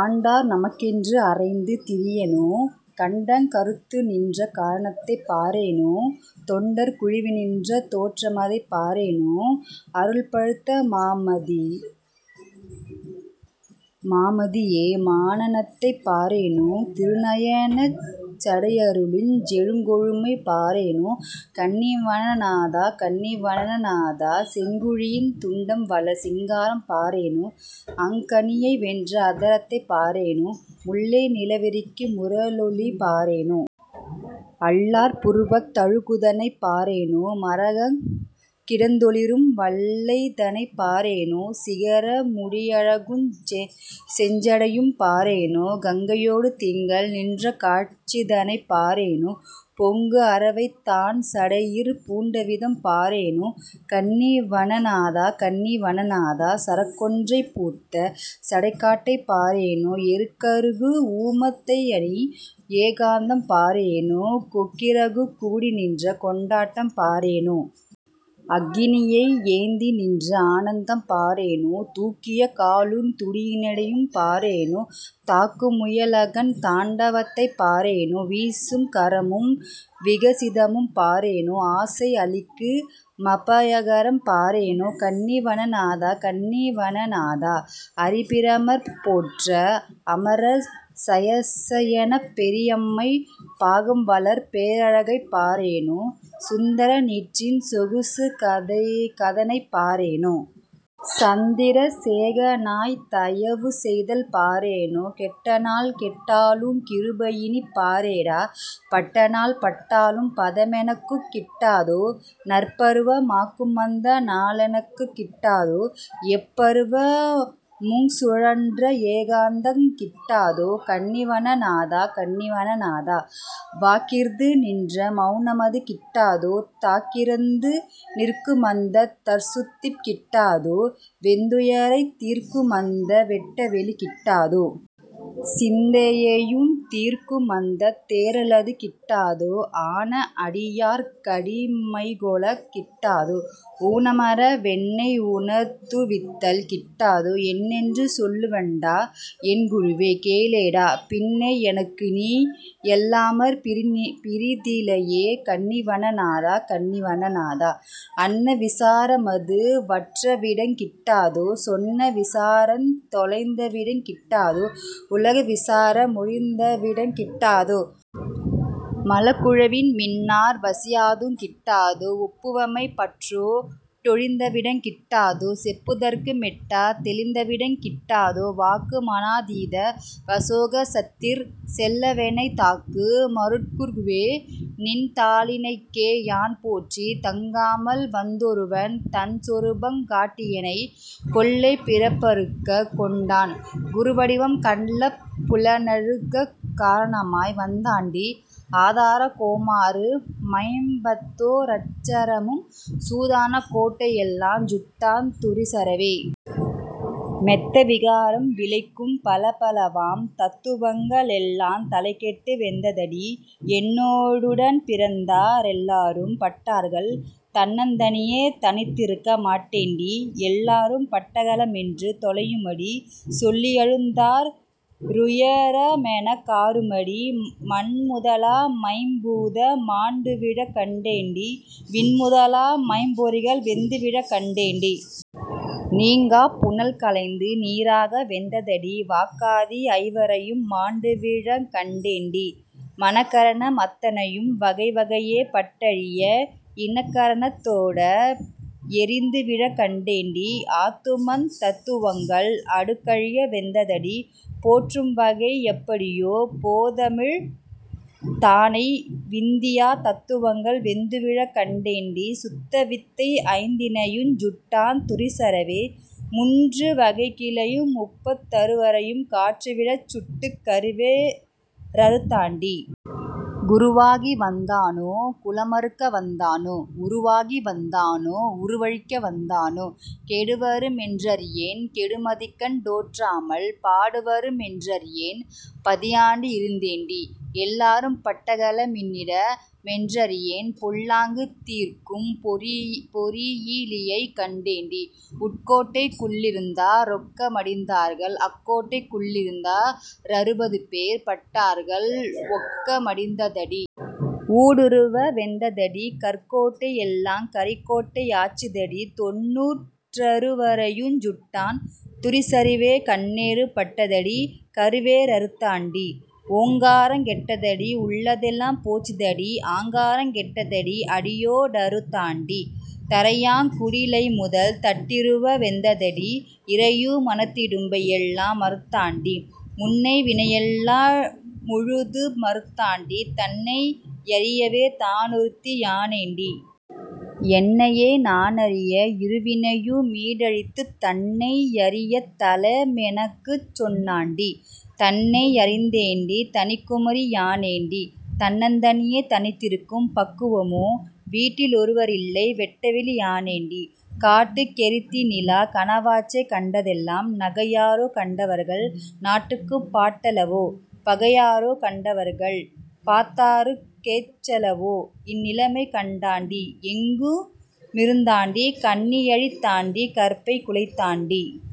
ஆண்டார் நமக்கென்று அறைந்து திரியேனோ! கண்டங் கறுத்துநின்ற காரணத்தைப் பாரேனோ! தொண்டர் குழுவினின்ற தோற்றமதைப் பாரேனோ! அருள்பழுத்த மாமதியா மானனத்தைப் பாரேனோ! திருநயனச் சடையளிருஞ் செழுங்கொழுமை பாரேனோ! கன்னி வனநாதா! கன்னி வனநாதா! செங்குழியின் துண்டம்வளர் சிங்காரம் பாரேனோ? அங்கனியை வென்ற அதரத்தைப் பாரேனோ! முல்லை நிலவெறிக்கு மூரலொளி பாரேனோ! அல்லார் புருவத் தழகுதனைப் பாரேனோ! மகரங் கிடந்தொளிரும் வள்ளைதனைப் பாரேனோ! சிகர முடியழகுஞ் செஞ்சடையும் பாரேனோ! கங்கையோடு திங்கள் நின்றகாட்சிதனைப் பாரேனோ! பொங்கு அரவைத்தான்சடையிற் பூண்டவிதம் பாரேனோ கன்னி வனநாதா! கன்னி வனநாதா! சரக்கொன்றை பூத்த சடைக்காட்டைப் பாரேனோ; எருக்கறுகு ஊமத்தையணி யேகாந்தம் பாரேனோ! கொக்கிறகுக் கூடிநின்ற கொண்டாட்டம் பாரேனோ! அக்கினியை யேந்திநின்ற ஆனந்தம் பாரேனோ! தூக்கிய காலுந் துடியிடையும் பாரேனோ! தாக்கு முயலகன் தாண்டவத்தைப் பாரேனோ! வீசும் கரமும் விகசிதமும் பாரேனோ! ஆசை அளிக்கு மபயகரம் பாரேனோ! கன்னி வனநாதா! கன்னி வனநாதா! அரிபிரமர் போற்ற அமரர் சயசயெனப் பெரியம்மை பாகம்வளர் பேரழகைப் பாரேனோ! சுந்தர நீற்றின் சொகுகதனைப் பாரேனோ! சந்திர சேகரனாய்த் தயவுசெய்தல் பாரேனோ! கெட்டநாள் கெட்டாலுங் கிருபையினிப் பாரேடா! பட்டநாள் பட்டாலும் பதமெனக்குக் கிட்டாதோ? நற்பருவ மாக்குமந்த நாளெனக்குக் கிட்டாதோ? எப்பருவ முங்சுழன்ற ஏகாந்தங் கிட்டாதோ? கன்னி வனநாதா! கன்னி வனநாதா! வாக்கிற்து நின்ற மவுனமது கிட்டாதோ? தாக்கிறந்து நிற்குமந்தத் தற்சுத்தி கிட்டாதோ? வெந்துயரைத் தீர்க்குமந்த வெட்டவெளி கிட்டாதோ? சிந்தையையுந் தீர்க்குமந்தத் தேறலது கிட்டாதோ? ஆன அடியார்க் கடிமைகொளக் கிட்டாதோ? ஊனமற வென்னை வுணர்த்துவித்தல் கிட்டாதோ? என்னென்று சொல்லுவண்டா? என்குருவே? கேளேடா! பின்னை எனக்குநீ யல்லாமற் பிறிதிலையே. கன்னி வனநாதா! கன்னி வனநாதா! அன்ன விசாரமது வற்றவிடங் கிட்டாதோ? சொன்ன விசாரந் தொலைந்தவிடங் கிட்டாதோ? உலக விசார மொழிந்தவிடங் கிட்டாதோ? மலக்குழுவின் மின்னார் வசியாதுங் கிட்டாதோ? ஒப்புவமை பற்றோ டொழிந்தவிடங் கிட்டாதோ? செப்புதற்கு மெட்டா தெளிந்தவிடங் கிட்டாதோ? வாக்கு மனாதீத வசோகசத்திற் செல்லவெனைத் தாக்கு மருட்குருவே, நின்தாளிணைக்கே யான்போற்றி. தங்காமல் வந்தொருவன் தன்சொரூபங் காட்டியெனை. கொள்ளைப் பிறப்பறுக்கக் கொண்டான் குருவடிவம் கள்ளப் புலனறுக்கக் காரணமாய் வந்தாண்டி ஆதார மோராறு மைம்பத்தோ ரட்சரமும் சூதான கோட்டையெல்லாஞ் சுட்டான் துரிசறவே. மெத்த விகாரம் விளைக்கும் பலபலவாம் தத்துவங்க ளெல்லாந் தலைகெட்டு வெந்ததடி. என்னோ டுடன்பிறந்தா ரெல்லாரும் பட்டார்கள்; தன்னந் தனியே தனித்திருக்க மாட்டேண்டி. எல்லாரும் பட்டகள மென்று தொலையுமடி சொல்லி யழுதாற் றுயரமனெக் காறுமடி. மண்முதலா மைம்பூத மாண்டுவிழக் கண்டேண்டி! விண்முதலா மைம்பொறிகள் வெந்து விழக் கண்டேண்டி. நீங்காப் புனல்களைந்து நீறாக வெந்ததடி வாக்காதி ஐவரையும் மாண்டுவிழங் கண்டேண்டி. மனக்கரண மத்தனையும் வகைவகையே பட்டழிய இனக்கரணத் தோடே யெரிந்துவிழக் கண்டேண்டி. ஆத்துமத் தத்துவங்கள் அடுக்கழிய வெந்ததடி! போற்றும்வகை யெப்படியோ போதமிழந் தானை. வித்தியா தத்துவங்கள் வெந்துவிழக் கண்டேண்டி! சுத்தவித்தை ஐந்தினையுஞ் சுட்டான் துரிசறவே. முன்று வகைக்கிளையு முப்பத் தறுவரையும் கான்றுவிழச் சுட்டுக் கருவே ரறுத்தாண்டி. குருவாகி வந்தானோ? குலமறுக்க வந்தானோ? உருவாகி வந்தானோ? உருவழிக்க வந்தானோ? கேடுவரு மென்றறியேன், கெடுமதிகண் டோற்றாமல் பாடுவரு மென்றறியேன், பதியாண்டு இருந்தேண்டி. எல்லாரும் பட்டகள மின்னிட மென்றறியேன்; பொல்லாங்கு தீர்க்கும் பொறியிலியைக் கண்டேண்டி. உட்கோட்டைக் குள்ளிருந்தா ரொக்க மடிந்தார்கள், அக்கோட்டைக் குள்ளிருந்தா ரறுபதுபேர் பட்டார்கள். ஒக்க மடிந்ததடி! ஊடுருவ வெந்ததடி! கற்கோட்டை யெல்லாங் கரிக்கோட்டை யாச்சுதடி. தொண்ணூற் றறுவரையுஞ் சுட்டான் துரிசறிவே கண்ணேறு பட்டதடி கருவே ரறுத்தாண்டி. ஓங்காரங் கெட்டதடி, உள்ளதெல்லாம் போச்சுதடி ஆங்காரங் கெட்டதடி, அடியோ டறுத்தாண்டி. தரையாங் குடிலைமுதல் தட்டிருவ வெந்ததடி! இரையு மனத்திடும்பை யெல்லா மறுத்தாண்டி. முன்னை வினையெல்லா முழுது மறுத்தாண்டி தன்னை யறியவே தானொருத்தி யானேண்டி. என்னையே நானறிய இருவினையு மீடழித்துத் தன்னை யறியத் தலமெனக்குச் சொன்னாண்டி. தன்னை யறிந்தேண்டி! தனிக்குமரி யானேண்டி! தன்னந் தனியே தனியிருக்கும் பக்குவமோ. வீட்டி லொருவரில்லை வெட்டவெளி யானேண்டி! காட்டுக் கெறித்திநிலா கனவாச்சே கண்டதெல்லாம். நகையாரோ கண்டவர்கள்? நாட்டுக்குப் பாட்டலவோ? பகையாரோ கண்டவர்கள்? பார்த்தாருக் கேச்சலவோ? இந்நிலமை கண்டாண்டி, எங்கு மிருந்தாண்டி! கன்னி யழித்தாண்டி, கற்பைக் குலைத்தாண்டி.।